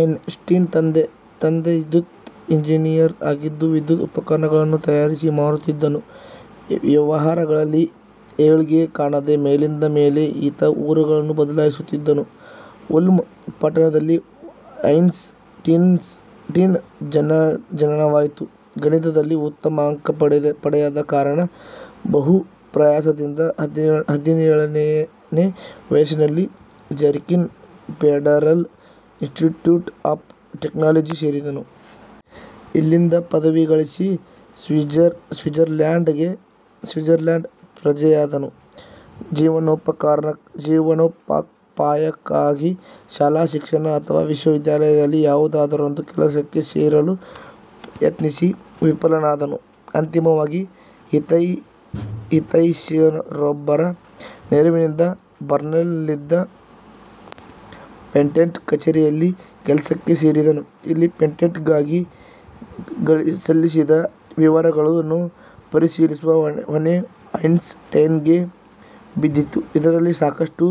ಐನ್ ಸ್ಟೀನ್ ತಂದೆ ವಿದ್ಯುತ್ ಇಂಜಿನಿಯರ್ ಆಗಿದ್ದು ವಿದ್ಯುತ್ ಉಪಕರಣಗಳನ್ನು ತಯಾರಿಸಿ ಮಾರುತ್ತಿದ್ದನು. ವ್ಯವಹಾರದಲ್ಲಿ ಏಳ್ಗೆ ಕಾಣದೆ, ಮೇಲಿಂದ ಮೇಲೆ ಈತ ಊರುಗಳನ್ನು ಬದಲಾಯಿಸುತ್ತಿದ್ದನು. ಉಲ್ಮ್ ಪಟ್ಟಣದಲ್ಲಿ ಐನ್ಸ್ ಟೀನ್ನ ಜನನವಾಯಿತು. ಗಣಿತದಲ್ಲಿ ಉತ್ತಮ ಅಂಕ ಪಡೆಯದ ಕಾರಣ, ಬಹು ಪ್ರಯಾಸದಿಂದ ಹದಿನೇಳನೇ ವಯಸ್ಸಿನಲ್ಲಿ ಝೂರಿಕ್ನ ಫೆಡರಲ್ ಇನ್ಸ್ಟಿಟ್ಯೂಟ್ ಆಫ್ ಟೆಕ್ನಾಲಜಿ ಸೇರಿದನು. ಇಲ್ಲಿಂದ ಪದವಿ ಗಳಿಸಿ ಸ್ವಿಟ್ಸರ್ಲ್ಯಾಂಡ್ ಪ್ರಜೆಯಾದನು. ಜೀವನೋಪಾಯಕ್ಕಾಗಿ ಶಾಲಾ ಶಿಕ್ಷಕ ಅಥವಾ ವಿಶ್ವವಿದ್ಯಾಲಯದಲ್ಲಿ ಯಾವುದಾದರೊಂದು ಕೆಲಸಕ್ಕೆ ಸೇರಲು ಯತ್ನಿಸಿ ವಿಫಲನಾದನು. ಅಂತಿಮವಾಗಿ ಹಿತೈಷಿಯೊಬ್ಬರ ನೆರವಿನಿಂದ ಬರ್ನ್ನಲ್ಲಿದ್ದ ಪೇಟೆಂಟ್ ಕಛೇರಿಯಲ್ಲಿ ಕೆಲಸಕ್ಕೆ ಸೇರಿದನು. ಇಲ್ಲಿ ಪೇಟೆಂಟ್ಗಾಗಿ ಸಲ್ಲಿಸಿದ ವಿವರಗಳನ್ನು ಪರಿಶೀಲಿಸುವ ಹೊಣೆ ಐನ್ಸ್ ಟೀನ್ಗೆ ಬಿದ್ದಿತು. ಇದರಲ್ಲಿ ಸಾಕಷ್ಟು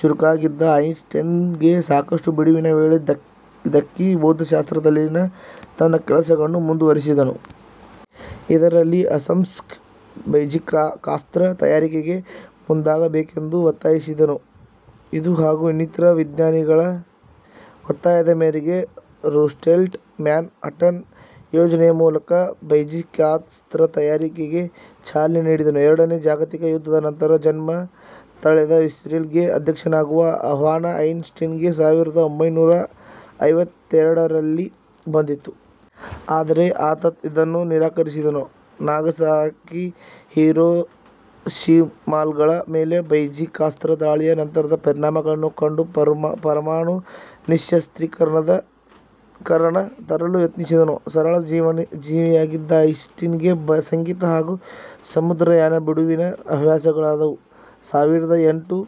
ಚುರುಕಾಗಿದ್ದ ಐನ್ಸ್ ಟೀನ್ಗೆ ಸಾಕಷ್ಟು ಬಿಡುವಿನ ವೇಳೆ ದಕ್ಕಿ ಭೌತಶಾಸ್ತ್ರದಲ್ಲಿನ ತನ್ನ ಕೆಲಸಗಳನ್ನು ಮುಂದುವರೆಸಿದನು. ಇದರಲ್ಲಿ ಅಸಂಸಂ ಬೈಜಿಕಾಸ್ತ್ರ ತಯಾರಿಕೆಗೆ ಮುಂದಾಗಬೇಕೆಂದು ಒತ್ತಾಯಿಸಿದ್ದನು. ಇದು ಹಾಗೂ ಇನ್ನಿತರ ವಿಜ್ಞಾನಿಗಳ ಒತ್ತಾಯದ ಮೇರೆಗೆ ರೂಸ್ವೆಲ್ಟ್ ಮ್ಯಾನ್ ಹಟನ್ ಯೋಜನೆಯ ಮೂಲಕ ಬೈಜಿಕಾಸ್ತ್ರ ತಯಾರಿಕೆಗೆ ಚಾಲನೆ ನೀಡಿದನು. ಎರಡನೇ ಜಾಗತಿಕ ಯುದ್ದದ ನಂತರ ಜನ್ಮ ತಳೆದ ಇಸ್ರೇಲ್ಗೆ ಅಧ್ಯಕ್ಷನಾಗುವ ಆಹ್ವಾನ ಐನ್ ಸ್ಟೀನ್ಗೆ ಸಾವಿರದ ಒಂಭೈನೂರ ಐವತ್ತೆರಡರಲ್ಲಿ ಬಂದಿತು. ಆದರೆ ಆತ ಇದನ್ನು ನಿರಾಕರಸಿದನು. ನಾಗಸಾಕಿ, ಹಿರೋಷಿಮಾಗಳ ಮೇಲೆ ಬೈಜಿಕಾಸ್ತ್ರ ದಾಳಿಯ ನಂತರದ ಪರಿಣಾಮಗಳನ್ನು ಕಂಡು ಪರಮಾಣು ನಿಶ್ಯಸ್ತ್ರೀಕರಣ ತರಲು ಯತ್ನಿಸಿದನು. ಸರಳ ಜೀವಿಯಾಗಿದ್ದ ಐನ್ ಸ್ಟೀನ್ ಗೆ ಸಂಗೀತ ಹಾಗೂ ಸಮುದ್ರಯಾನ ಬಿಡುವಿನ ಹವ್ಯಾಸಗಳಾಗಿದ್ದವು. ಸಾವಿರದ ಎಂಟು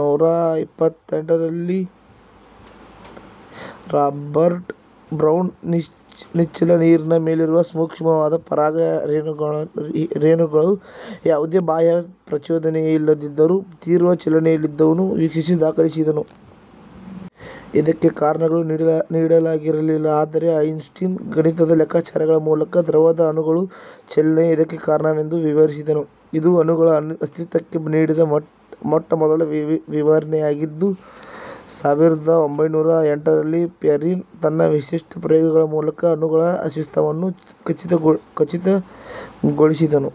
ನೂರ ಇಪ್ಪತ್ತೆಂಟರಲ್ಲಿ ರಾಬರ್ಟ್ ಬ್ರೌನ್, ನಿಶ್ಚಲ ನೀರಿನ ಮೇಲಿರುವ ಸೂಕ್ಷ್ಮವಾದ ಪರಾಗ ರೇಣುಗಳು ಯಾವುದೇ ಬಾಹ್ಯ ಪ್ರಚೋದನೆಯಿಲ್ಲದಿದ್ದರೂ, ತೀವ್ರ ಚಲನೆಯಲ್ಲಿರುವುದನ್ನು ವೀಕ್ಷಿಸಿ ದಾಖಲಿಸಿದ್ದನು. ಇದಕ್ಕೆ ಕಾರಣಗಳನ್ನು ನೀಡಲಾಗಿರಲಿಲ್ಲ.. ಆದರೆ ಐನ್ ಸ್ಟೀನ್ ಗಣಿತದ ಲೆಕ್ಕಾಚಾರಗಳ ಮೂಲಕ ದ್ರವದ ಅಣುಗಳ ಚಲನೆಯೇ ಇದಕ್ಕೆ ಕಾರಣವೆಂದು ವಿವರಿಸಿದನು. ಇದು ಅಣುಗಳ ಅಸ್ತಿತ್ವಕ್ಕೆ ನೀಡಿದ ಮೊಟ್ಟ ಮೊದಲ ವಿವರಣೆಯಾಗಿದ್ದಿತು. ಸಾವಿರದ ಒಂಭೈನೂರ ಎಂಟರಲ್ಲಿ ಪೆರಿನ್ ತನ್ನ ವಿಶಿಷ್ಟ ಪ್ರಯೋಗಗಳ ಮೂಲಕ ಅಣುಗಳ ಅಸ್ತಿತ್ವವನ್ನು ಖಚಿತಗೊಳಿಸಿದನು.